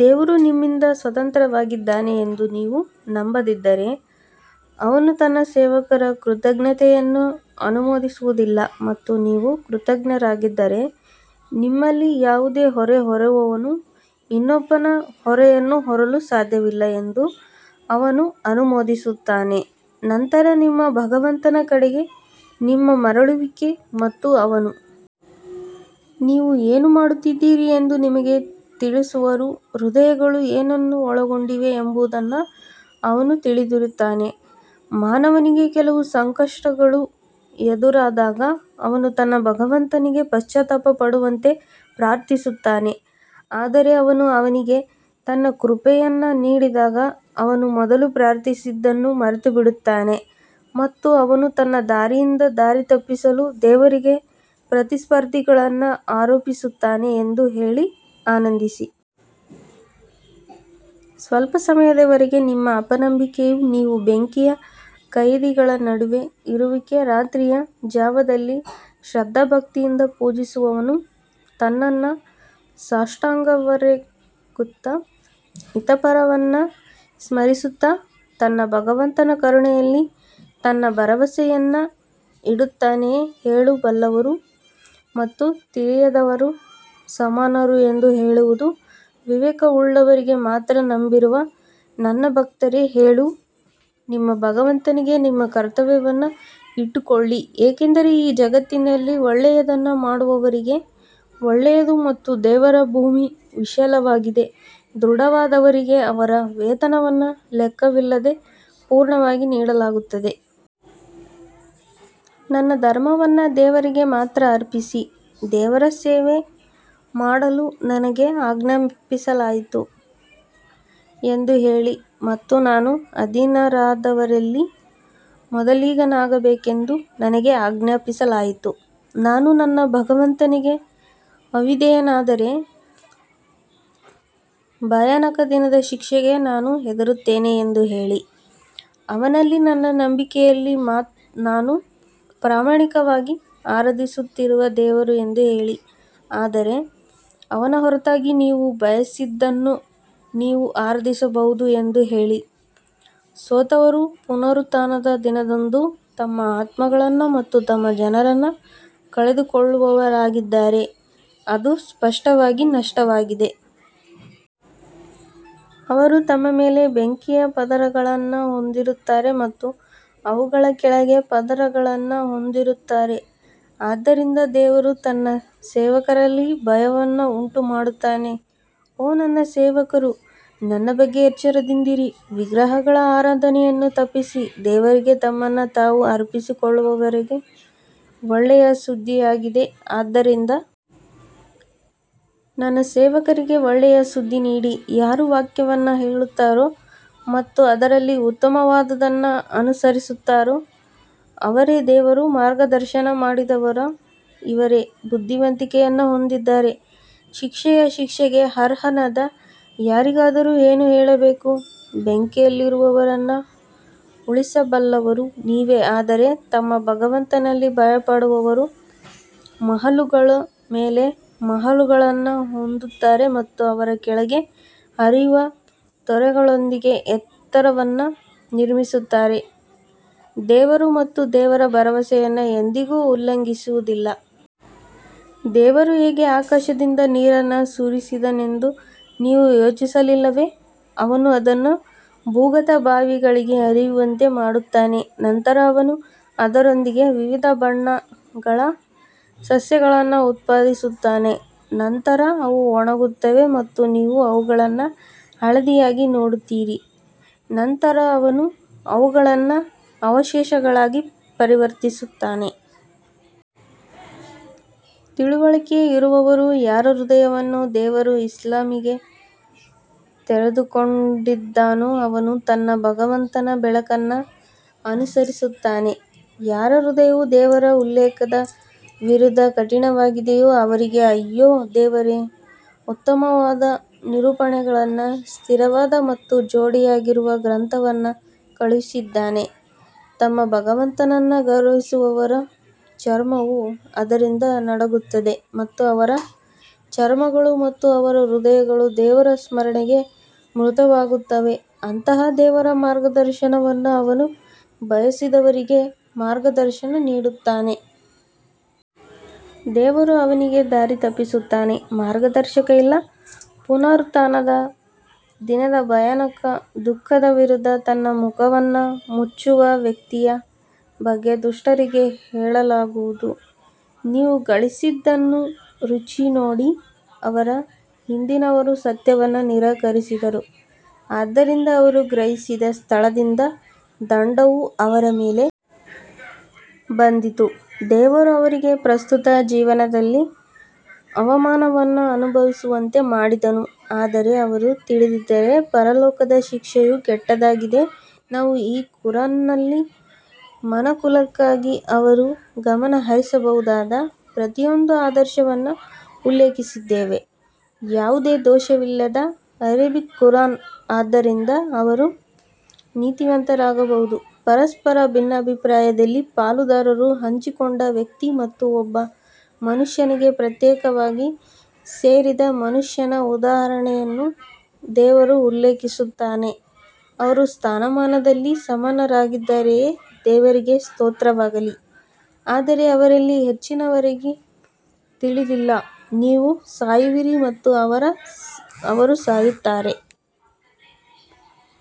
ದೇವರು ನಿಮ್ಮಿಂದ ಸ್ವತಂತ್ರನಾಗಿದ್ದಾನೆ ಎಂದು ನೀವು ನಂಬದಿದ್ದರೆ, ಅವನು ತನ್ನ ಸೇವಕರ ಕೃತಜ್ಞತೆಯನ್ನು ಅನುಮೋದಿಸುವುದಿಲ್ಲ ಮತ್ತು ನೀವು ಕೃತಜ್ಞರಾಗಿದ್ದರೆ, ನಿಮ್ಮಲ್ಲಿ ಯಾವುದೇ ಹೊರೆ ಹೊರುವವನು ಇನ್ನೊಬ್ಬನ ಹೊರೆಯನ್ನು ಹೊರಲು ಸಾಧ್ಯವಿಲ್ಲ ಎಂದು ಅವನು ಅನುಮೋದಿಸುತ್ತಾನೆ, ನಂತರ ನಿಮ್ಮ ಭಗವಂತನ ಕಡೆಗೆ ನಿಮ್ಮ ಮರಳುವಿಕೆ ಮತ್ತು ಅವನು. ನೀವು ಏನು ಮಾಡುತ್ತಿದ್ದೀರಿ ಎಂದು ನಿಮಗೆ ತಿಳಿಸುವರು ಹೃದಯಗಳು ಏನನ್ನು ಒಳಗೊಂಡಿವೆ ಎಂಬುದನ್ನು ಅವನು ತಿಳಿದಿರುತ್ತಾನೆ ಮಾನವನಿಗೆ ಕೆಲವು ಸಂಕಷ್ಟಗಳು ಎದುರಾದಾಗ ಅವನು ತನ್ನ ಭಗವಂತನಿಗೆ ಪಶ್ಚಾತ್ತಾಪ ಪಡುವಂತೆ ಪ್ರಾರ್ಥಿಸುತ್ತಾನೆ ಆದರೆ ಅವನು ಅವನಿಗೆ ತನ್ನ ಕೃಪೆಯನ್ನು ನೀಡಿದಾಗ ಅವನು ಮೊದಲು ಪ್ರಾರ್ಥಿಸಿದ್ದನ್ನು ಮರೆತುಬಿಡುತ್ತಾನೆ ಮತ್ತು ಅವನು ತನ್ನ ದಾರಿಯಿಂದ ದಾರಿತಪ್ಪಿಸಲು ದೇವರಿಗೆ ಪ್ರತಿಸ್ಪರ್ಧಿಗಳನ್ನು ಆರೋಪಿಸುತ್ತಾನೆ ಎಂದು ಹೇಳಿ ಆನಂದಿಸಿ. ಸ್ವಲ್ಪ ಸಮಯದವರೆಗೆ ನಿಮ್ಮ ಅಪನಂಬಿಕೆಯು ನೀವು ಬೆಂಕಿಯ ಕೈದಿಗಳ ನಡುವೆ ಇರುವಿರಿ ರಾತ್ರಿಯ ಜಾವದಲ್ಲಿ ಶ್ರದ್ಧಾಭಕ್ತಿಯಿಂದ ಪೂಜಿಸುವವನು ತನ್ನನ್ನು ಸಾಷ್ಟಾಂಗವೆರಗುತ್ತಾ ಇಹಪರವನ್ನು ಸ್ಮರಿಸುತ್ತಾ ತನ್ನ ಭಗವಂತನ ಕರುಣೆಯಲ್ಲಿ ತನ್ನ ಭರವಸೆಯನ್ನು ಇಡುತ್ತಾನೆಯೇ ಹೇಳು ಬಲ್ಲವರು ಮತ್ತು ತಿಳಿಯದವರು ಸಮಾನರು ಎಂದು ಹೇಳುವುದು ವಿವೇಕವುಳ್ಳವರಿಗೆ ಮಾತ್ರ ನಂಬಿರುವ ನನ್ನ ಭಕ್ತರೇ ಹೇಳು, ನಿಮ್ಮ ಭಗವಂತನಿಗೆ ನಿಮ್ಮ ಕರ್ತವ್ಯವನ್ನು ಇಟ್ಟುಕೊಳ್ಳಿ ಏಕೆಂದರೆ ಈ ಜಗತ್ತಿನಲ್ಲಿ ಒಳ್ಳೆಯದನ್ನು ಮಾಡುವವರಿಗೆ ಒಳ್ಳೆಯದು ಮತ್ತು ದೇವರ ಭೂಮಿ ವಿಶಾಲವಾಗಿದೆ ದೃಢವಾದವರಿಗೆ ಅವರ ವೇತನವನ್ನು ಲೆಕ್ಕವಿಲ್ಲದೆ ಪೂರ್ಣವಾಗಿ ನೀಡಲಾಗುತ್ತದೆ. ನನ್ನ ಧರ್ಮವನ್ನು ದೇವರಿಗೆ ಮಾತ್ರ ಅರ್ಪಿಸಿ ದೇವರ ಸೇವೆ ಮಾಡಲು ನನಗೆ ಆಜ್ಞಾಪಿಸಲಾಯಿತು ಎಂದು ಹೇಳಿ ಮತ್ತು ನಾನು ಅಧೀನರಾದವರಲ್ಲಿ ಮೊದಲಿಗನಾಗಬೇಕೆಂದು ನನಗೆ ಆಜ್ಞಾಪಿಸಲಾಯಿತು ನಾನು ನನ್ನ ಭಗವಂತನಿಗೆ ಅವಿಧೇಯನಾದರೆ ಭಯಾನಕ ದಿನದ ಶಿಕ್ಷೆಗೆ ನಾನು ಹೆದರುತ್ತೇನೆ ಎಂದು ಹೇಳಿ ಅವನಲ್ಲಿ ನನ್ನ ನಂಬಿಕೆಯಲ್ಲಿ ನಾನು ಪ್ರಾಮಾಣಿಕವಾಗಿ ಆರಾಧಿಸುತ್ತಿರುವ ದೇವರು ಎಂದು ಹೇಳಿ ಆದರೆ ಅವನ ಹೊರತಾಗಿ ನೀವು ಬಯಸಿದ್ದನ್ನು ನೀವು ಆರಾಧಿಸಬಹುದು ಎಂದು ಹೇಳಿ, ಸೋತವರು ಪುನರುತ್ಥಾನದ ದಿನದಂದು ತಮ್ಮ ಆತ್ಮಗಳನ್ನು ಮತ್ತು ತಮ್ಮ ಜನರನ್ನು ಕಳೆದುಕೊಳ್ಳುವವರಾಗಿದ್ದಾರೆ, ಅದು ಸ್ಪಷ್ಟವಾದ ನಷ್ಟವಾಗಿದೆ. ಅವರು ತಮ್ಮ ಮೇಲೆ ಬೆಂಕಿಯ ಪದರಗಳನ್ನು ಹೊಂದಿರುತ್ತಾರೆ ಮತ್ತು ಅವುಗಳ ಕೆಳಗೆ ಪದರಗಳನ್ನು ಹೊಂದಿರುತ್ತಾರೆ ಆದ್ದರಿಂದ ದೇವರು ತನ್ನ ಸೇವಕರಲ್ಲಿ ಭಯವನ್ನು ಉಂಟುಮಾಡುತ್ತಾನೆ ಓ ನನ್ನ ಸೇವಕರು ನನ್ನ ಬಗ್ಗೆ ಎಚ್ಚರದಿಂದಿರಿ ವಿಗ್ರಹಗಳ ಆರಾಧನೆಯನ್ನು ತಪ್ಪಿಸಿ ದೇವರಿಗೆ ತಮ್ಮನ್ನು ತಾವು ಅರ್ಪಿಸಿಕೊಳ್ಳುವವರಿಗೆ ಒಳ್ಳೆಯ ಸುದ್ದಿಯಾಗಿದೆ ಆದ್ದರಿಂದ ನನ್ನ ಸೇವಕರಿಗೆ ಒಳ್ಳೆಯ ಸುದ್ದಿ ನೀಡಿ ಯಾರು ವಾಕ್ಯವನ್ನು ಕೇಳುತ್ತಾರೋ ಮತ್ತು ಅದರಲ್ಲಿ ಉತ್ತಮವಾದದ್ದನ್ನು ಅನುಸರಿಸುತ್ತಾರೋ ಅವರೇ ದೇವರು ಮಾರ್ಗದರ್ಶನ ಮಾಡಿದವರು ಇವರೇ ಬುದ್ಧಿವಂತಿಕೆಯನ್ನು ಹೊಂದಿದ್ದಾರೆ ಶಿಕ್ಷೆಯ ಶಿಕ್ಷೆಗೆ ಅರ್ಹನಾದ ಯಾರಿಗಾದರೂ ಏನು ಹೇಳಬೇಕು, ಬೆಂಕಿಯಲ್ಲಿರುವವರನ್ನು ಉಳಿಸಬಲ್ಲವರು ನೀವೇ ಆದರೆ ತಮ್ಮ ಭಗವಂತನಲ್ಲಿ ಭಯಪಡುವವರು ಮಹಲುಗಳ ಮೇಲೆ ಮಹಲುಗಳನ್ನು ಹೊಂದುತ್ತಾರೆ ಮತ್ತು ಅವರ ಕೆಳಗೆ ಹರಿಯುವ ತೊರೆಗಳೊಂದಿಗೆ ಎತ್ತರವನ್ನು ನಿರ್ಮಿಸುತ್ತಾರೆ, ದೇವರು ಮತ್ತು ದೇವರು ಭರವಸೆಯನ್ನು ಎಂದಿಗೂ ಉಲ್ಲಂಘಿಸುವುದಿಲ್ಲ. ದೇವರು ಹೇಗೆ ಆಕಾಶದಿಂದ ನೀರನ್ನು ಸುರಿಸಿದನೆಂದು ನೀವು ಯೋಚಿಸಲಿಲ್ಲವೇ, ಅವನು ಅದನ್ನು ಭೂಗತ ಬಾವಿಗಳಿಗೆ ಹರಿಯುವಂತೆ ಮಾಡುತ್ತಾನೆ ನಂತರ ಅವನು ಅದರೊಂದಿಗೆ ವಿವಿಧ ಬಣ್ಣಗಳ ಸಸ್ಯಗಳನ್ನು ಉತ್ಪಾದಿಸುತ್ತಾನೆ ನಂತರ ಅವು ಒಣಗುತ್ತವೆ ಮತ್ತು ನೀವು ಅವುಗಳನ್ನು ಹಳದಿಯಾಗಿ ನೋಡುತ್ತೀರಿ ನಂತರ ಅವನು ಅವುಗಳನ್ನು ಅವಶೇಷಗಳಾಗಿ ಪರಿವರ್ತಿಸುತ್ತಾನೆ. ತಿಳುವಳಿಕೆ ಇರುವವರು ಯಾರ ಹೃದಯವನ್ನು ದೇವರು ಇಸ್ಲಾಮಿಗೆ ತೆರೆದುಕೊಂಡಿದ್ದಾನೋ, ಅವನು ತನ್ನ ಭಗವಂತನ ಬೆಳಕನ್ನು ಅನುಸರಿಸುತ್ತಾನೆ, ಯಾರ ಹೃದಯವು ದೇವರ ಉಲ್ಲೇಖದ ವಿರುದ್ಧ ಕಠಿಣವಾಗಿದೆಯೋ ಅವರಿಗೆ ಅಯ್ಯೋ? ದೇವರು ಉತ್ತಮವಾದ ನಿರೂಪಣೆಗಳನ್ನು ಸ್ಥಿರವಾದ ಮತ್ತು ಜೋಡಿಯಾಗಿರುವ ಗ್ರಂಥವನ್ನು ಕಳುಹಿಸಿದ್ದಾನೆ, ತಮ್ಮ ಭಗವಂತನನ್ನು ಗೌರವಿಸುವವರ ಚರ್ಮವು ಅದರಿಂದ ನಡುಗುತ್ತದೆ ಮತ್ತು ಅವರ ಚರ್ಮಗಳು ಮತ್ತು ಅವರ ಹೃದಯಗಳು ದೇವರ ಸ್ಮರಣೆಗೆ ಮೃದುವಾಗುತ್ತವೆ ಅಂತಹ ದೇವರ ಮಾರ್ಗದರ್ಶನವನ್ನು ಅವನು ಬಯಸಿದವರಿಗೆ ಮಾರ್ಗದರ್ಶನ ನೀಡುತ್ತಾನೆ. ದೇವರು ಅವನಿಗೆ ದಾರಿ ತಪ್ಪಿಸುತ್ತಾನೆ ಮಾರ್ಗದರ್ಶಕ ಇಲ್ಲ ಪುನರುತ್ಥಾನದ ದಿನದ ಭಯಾನಕ ದುಃಖದ ವಿರುದ್ಧ ತನ್ನ ಮುಖವನ್ನು ಮುಚ್ಚುವ ವ್ಯಕ್ತಿಯ ಬಗ್ಗೆ ದುಷ್ಟರಿಗೆ ಹೇಳಲಾಗುವುದು ನೀವು ಗಳಿಸಿದ್ದನ್ನು ರುಚಿ ನೋಡಿ ಅವರ ಹಿಂದಿನವರೂ ಸತ್ಯವನ್ನು ನಿರಾಕರಿಸಿದರು, ಆದ್ದರಿಂದ ಅವರು ಗ್ರಹಿಸದ ಸ್ಥಳದಿಂದ ದಂಡವು ಅವರ ಮೇಲೆ ಬಂದಿತು ದೇವರು ಅವರಿಗೆ ಪ್ರಸ್ತುತ ಜೀವನದಲ್ಲಿ ಅವಮಾನವನ್ನು ಅನುಭವಿಸುವಂತೆ ಮಾಡಿದನು ಆದರೆ ಅವರು ತಿಳಿದಿದ್ದರೆ ಪರಲೋಕದ ಶಿಕ್ಷೆಯು ಕೆಟ್ಟದಾಗಿದೆ ನಾವು ಈ ಕುರಾನ್ನಲ್ಲಿ ಮನುಕುಲಕ್ಕಾಗಿ ಅವರು ಗಮನಹರಿಸಬಹುದಾದ ಪ್ರತಿಯೊಂದು ಆದರ್ಶವನ್ನು ಉಲ್ಲೇಖಿಸಿದ್ದೇವೆ ಯಾವುದೇ ದೋಷವಿಲ್ಲದ ಅರೇಬಿಕ್ ಕುರಾನ್ ಆದ್ದರಿಂದ ಅವರು ನೀತಿವಂತರಾಗಬಹುದು ಪರಸ್ಪರ ಭಿನ್ನಾಭಿಪ್ರಾಯದಲ್ಲಿ ಪಾಲುದಾರರು ಹಂಚಿಕೊಂಡ ವ್ಯಕ್ತಿ ಮತ್ತು ಒಬ್ಬ ಮನುಷ್ಯನಿಗೆ ಪ್ರತ್ಯೇಕವಾಗಿ ಸೇರಿದ ಮನುಷ್ಯನ ಉದಾಹರಣೆಯನ್ನು ದೇವರು ಉಲ್ಲೇಖಿಸುತ್ತಾನೆ, ಅವರು ಸ್ಥಾನಮಾನದಲ್ಲಿ ಸಮಾನರಾಗಿದ್ದಾರೆಯೇ, ದೇವರಿಗೆ ಸ್ತೋತ್ರವಾಗಲಿ ಆದರೆ ಅವರಲ್ಲಿ ಹೆಚ್ಚಿನವರಿಗೆ ತಿಳಿದಿಲ್ಲ ನೀವು ಸಾಯುವಿರಿ ಮತ್ತು ಅವರು ಸಾಯುತ್ತಾರೆ.